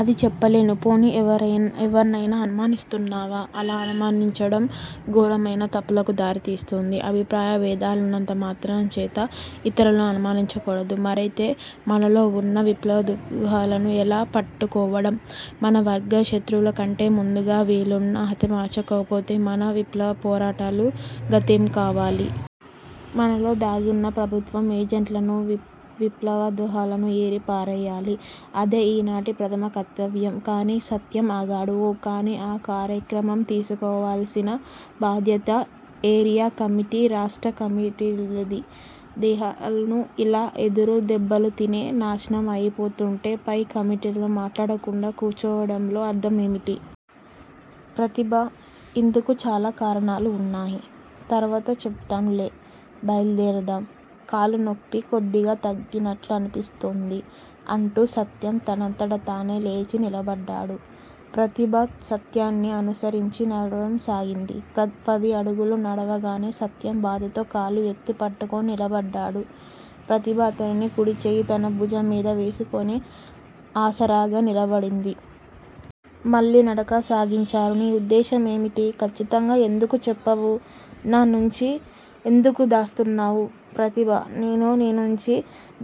అది చెప్పలేను. పోనీ ఎవర్నయినా అనుమానిస్తున్నావా? అలా అనుమానించడం ఘోరమైన తప్పులకు దారి తీస్తుంది. అభిప్రాయభేదాలున్నంత మాత్రం చేత ఇతరులను అనుమానించకూడదు. మరయితే మనలో వున్న విప్లవద్రోహులను ఎలా పట్టుకోవడం? మన వర్గ శత్రువుల కంటే ముందుగా వీల్లున్న హతమార్చకపోతే మన విప్లవపోరాటాలు గతేం కావాలి? మనలో దాగివున్న ప్రభుత్వం ఏజెంట్లనూ, విప్లవద్రోహులనూ ఏరి పారెయ్యాలి. అది ఈనాటి ప్రథమ కర్తవ్యం! కాని సత్యం ఆగాడు. ఊఁ కానీ? ఆ కార్యక్రమం తీసుకోవాల్సిన బాధ్యత ఏరియా కమిటీ, రాష్ట్ర కమిటీలది! దళాలు ఇలా ఎదురు దెబ్బలు తిని నాశనం అయిపోతుంటే, పై కమిటీలు మాట్లాడకుండా కూర్చోవడంలో అర్థం ఏమిటి? ప్రతిభా! ఇందుకు చాలా కారణాలు వున్నాయి. తర్వాత చెప్తానులే. బయలుదేరదాం! కాలునొప్పి కొద్దిగా తగ్గినట్టు అనిపిస్తూ ఉన్నది! అంటూ సత్యం తనంతట తాను లేచి నిలబడ్డాడు. ప్రతిభ సత్యాన్ని అనుసరించి నడవసాగింది. పది అడుగులు నడవగానే సత్యం బాధతో కాలు ఎత్తి పట్టుకొని నిలబడ్డాడు. ప్రతిభ అతని కుడిచెయ్యి తన భుజంమీద వేసుకొని ఆసరాగా నిలబడింది. మళ్ళీ నడక సాగించారు. నీ ఉద్దేశ్యం ఏమిటో ఖచ్చితంగా ఎందుకు చెప్పవు? నా నుంచి ఎందుకు దాస్తున్నావు? ప్రతిభా! నేను నీ నుంచి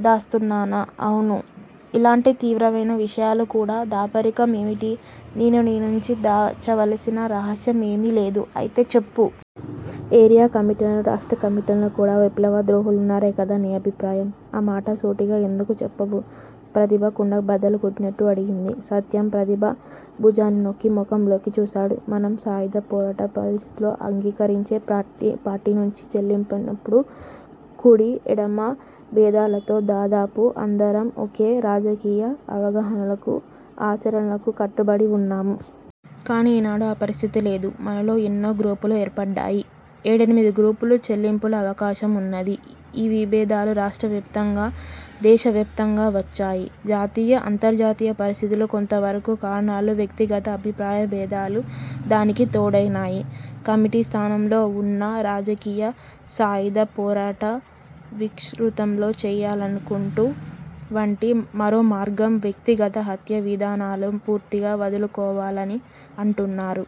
దాస్తున్నానా? అవును! ఇలాంటి తీవ్రమైన విషయాల్లో కూడా దాపరికం ఏమిటి? నేను నీ నుంచి దాచవలసిన రహస్యం ఏమీలేదు. అయితే చెప్పు! ఏరియా కమిటీలోనూ, రాష్ట్ర కమిటీల్లోనూ కూడా విప్లవ ద్రోహులున్నారనే కదా నీ అభిప్రాయం? ఆ మాట సూటిగా ఎందుకు చెప్పవ్? ప్రతిభ కుండ బద్దలుకొట్టినట్టు అడిగింది. సత్యం ప్రతిభ భుజాన్ని నొక్కి ముఖంలోకి చూశాడు. మనం సాయుధ పోరాట పంథాను అంగీకరించి పార్టీనుంచి చీలిపోయినప్పుడు, కుడి ఎడమ బేధాలతో దాదాపు అందరమూ, ఒకే రాజకీయ అవగాహనకూ, ఆచరణకూ కట్టుబడి వున్నాం. కాని ఈనాడు ఆ పరిస్థితి లేదు. మనలో ఎన్నో గ్రూపులూ ఏర్పడ్డాయి. ఏడెనిమిది గ్రూపులుగా చీలిపోయే అవకాశం ఉన్నది. ఈ విభేదాలు రాష్ట్ర వ్యాపితంగానూ, దేశవ్యాపితంగానూ వచ్చాయి. జాతీయ, అంతర్జాతీయ పరిస్థితులు కొంతవరకు కారణాలు, వ్యక్తిగత అభిప్రాయ భేదాలు దానికి తోడయినాయి. కమిటీ స్థానంలో ఉన్న రాజకీయ సాయుధ పోరాట విస్తృతం చేయాలనుకుంటూ వంటి, మరోమార్గం వ్యక్తిగత హత్యా విధానాలను పూర్తిగా వదులుకోవాలని అంటున్నారు.